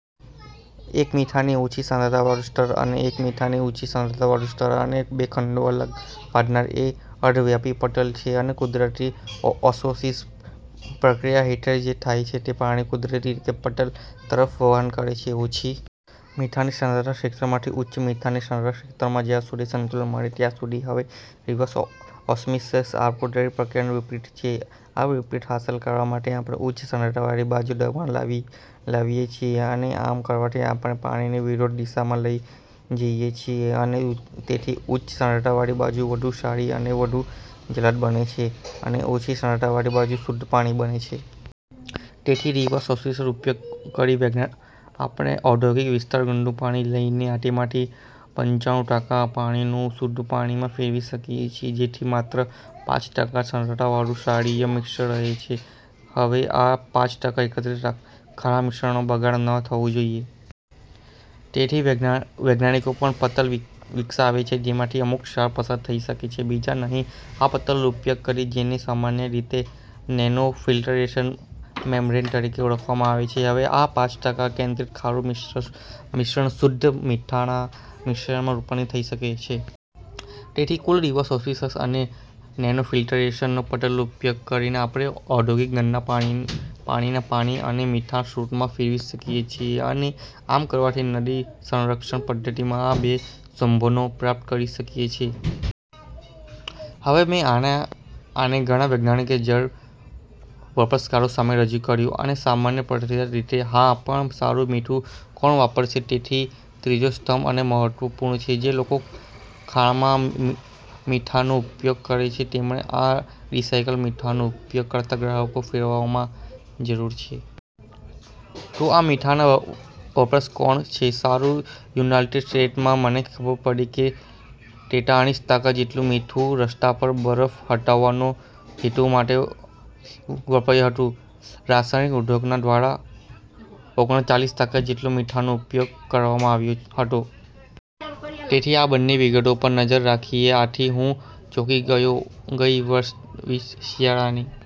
એક મીઠાની ઓછી સાંદ્રતાવાળુ સ્તર અને એક એ મીઠાની ઉંચી સાંદ્રતાવાળુ સ્તર અને બે ખંડોને અલગ પાડનાર એ અર્ધવ્યાપી પટલ છે.અને કુદરતી ઓસ્મોસિસ પ્રક્રિયા હેઠળ, જે થાય છે એ પાણી કુદરતી રીતે તે પટલ તરફ વહન કરે છે .ઓછી મીઠાની સાંદ્રતાના ક્ષેત્રમાંથી ઉચ્ચ મીઠાની સાંદ્રતાના ક્ષેત્રમાં, જ્યાં સુધી સંતુલન મળે ત્યાં સુધી. હવે રિવર્સ ઓસ્મોસિસ, આ કુદરતી પ્રક્રિયાનું વિપરીત છે અને આ વિપરીત હાંસલ કરવા માટે, આપણે ઉચ્ચ સાંદ્વતાવાળી બાજુ દબાણ લાવીએ છીએ અને આમ કરવાથી, આપણે પાણીને વિરુદ્ધ દિશામાં લઈ જઈએ છીએ અને તેથી ઉચ્ચ સાંદ્રતાવાળી બાજુ વધુ ક્ષારીય અને વધુ જલદ બને છે, અને ઓછી સાંદ્રતાવાળી બાજુ શુદ્ધ પાણી બને છે. તેથી રિવર્સ ઓસ્મોસિસનો ઉપયોગ કરીને આપણે ઔદ્યોગિક વિસ્તારનું ગંદુ પાણી લઈને તેમાંથી પંચાણું ટકા પાણીને શુદ્ધ પાણીમાં ફેરવી શકીએ છીએ, જેથી માત્ર પાંચ ટકા જ સાંદ્રતાવાળુ ક્ષારીય મિશ્રણ રહે છે. હવે, આ પાંચ ટકા એકત્રિત ખારા મિશ્રણનો બગાડ ન થવો જોઈએ. તેથી વૈજ્ઞાનિકો પણ પતલવિકસાવે છે, જેમાંથી અમુક ક્ષાર પસાર થઈ શકે છે બીજા નહીં. આ પતલ નો ઉપયોગ કરીને, જેને સામાન્ય રીતે નેનોફિલ્ટરેશન મેમ્બ્રેન તરીકે ઓળખવામાં આવે છે, હવે આ પાંચ ટકા કેન્દ્રિત ખારું મિશ્રણ શુદ્ધ મીઠાના મિશ્રણમાં રૂપાંરિત થઈ શકે છે. તેથી કુલ રિવર્સ ઓસ્મોસિસ અને નેનોફિલ્ટરેશન પટલનો ઉપયોગ કરીને, આપણે ઔદ્યોગિક ગંદા પાણીને પાણી અને મીઠાના સ્રોતમાં ફેરવી શકીએ છીએ અને આમ કરવાથી, નદી સંરક્ષણ પદ્ધતિના આ બે સ્તંભોને પ્રાપ્ત કરી શકીએ છીએ. હવે, મેં આને ઘણા વૈજ્ઞાનિકો જળ વપરાશકારો સામે રજૂ કર્યું છે અને સામાન્ય પ્રતિસાદ એ છે, "હા, પણ મારું મીઠું કોણ વાપરશે? " તેથી ત્રીજો સ્તંભ એ મહત્વપૂર્ણ છે, જે લોકો ખાણના મીઠાનો ઉપયોગ કરે છે તેમને આપણે રીસાઈકલ મીઠાનો ઉપયોગ કરતાં ગ્રાહકોમાં ફેરવામાં જરૂર છે. તો આ મીઠાના વપરાશ કોણ છે? સારું, યુનાઇટેડ સ્ટેટ્સમાં, મને ખબર પડી કે તેંતાળીસ ટકા જેટલું મીઠું, રસ્તા પરના બરફ હટાવવાના હેતુ માટે વપરાયું હતું. રાસાયણિક ઉદ્યોગ દ્વારા ઓગણચાળીસ ટકા જેટલા મીઠાનો ઉપયોગ કરવામાં આવ્યો હતો. તેથી આ બંને વિગતો પર નજર રાખીએ. આથી, હું ચોંકી ગયો ગઈ વર્ષની શિયાળાની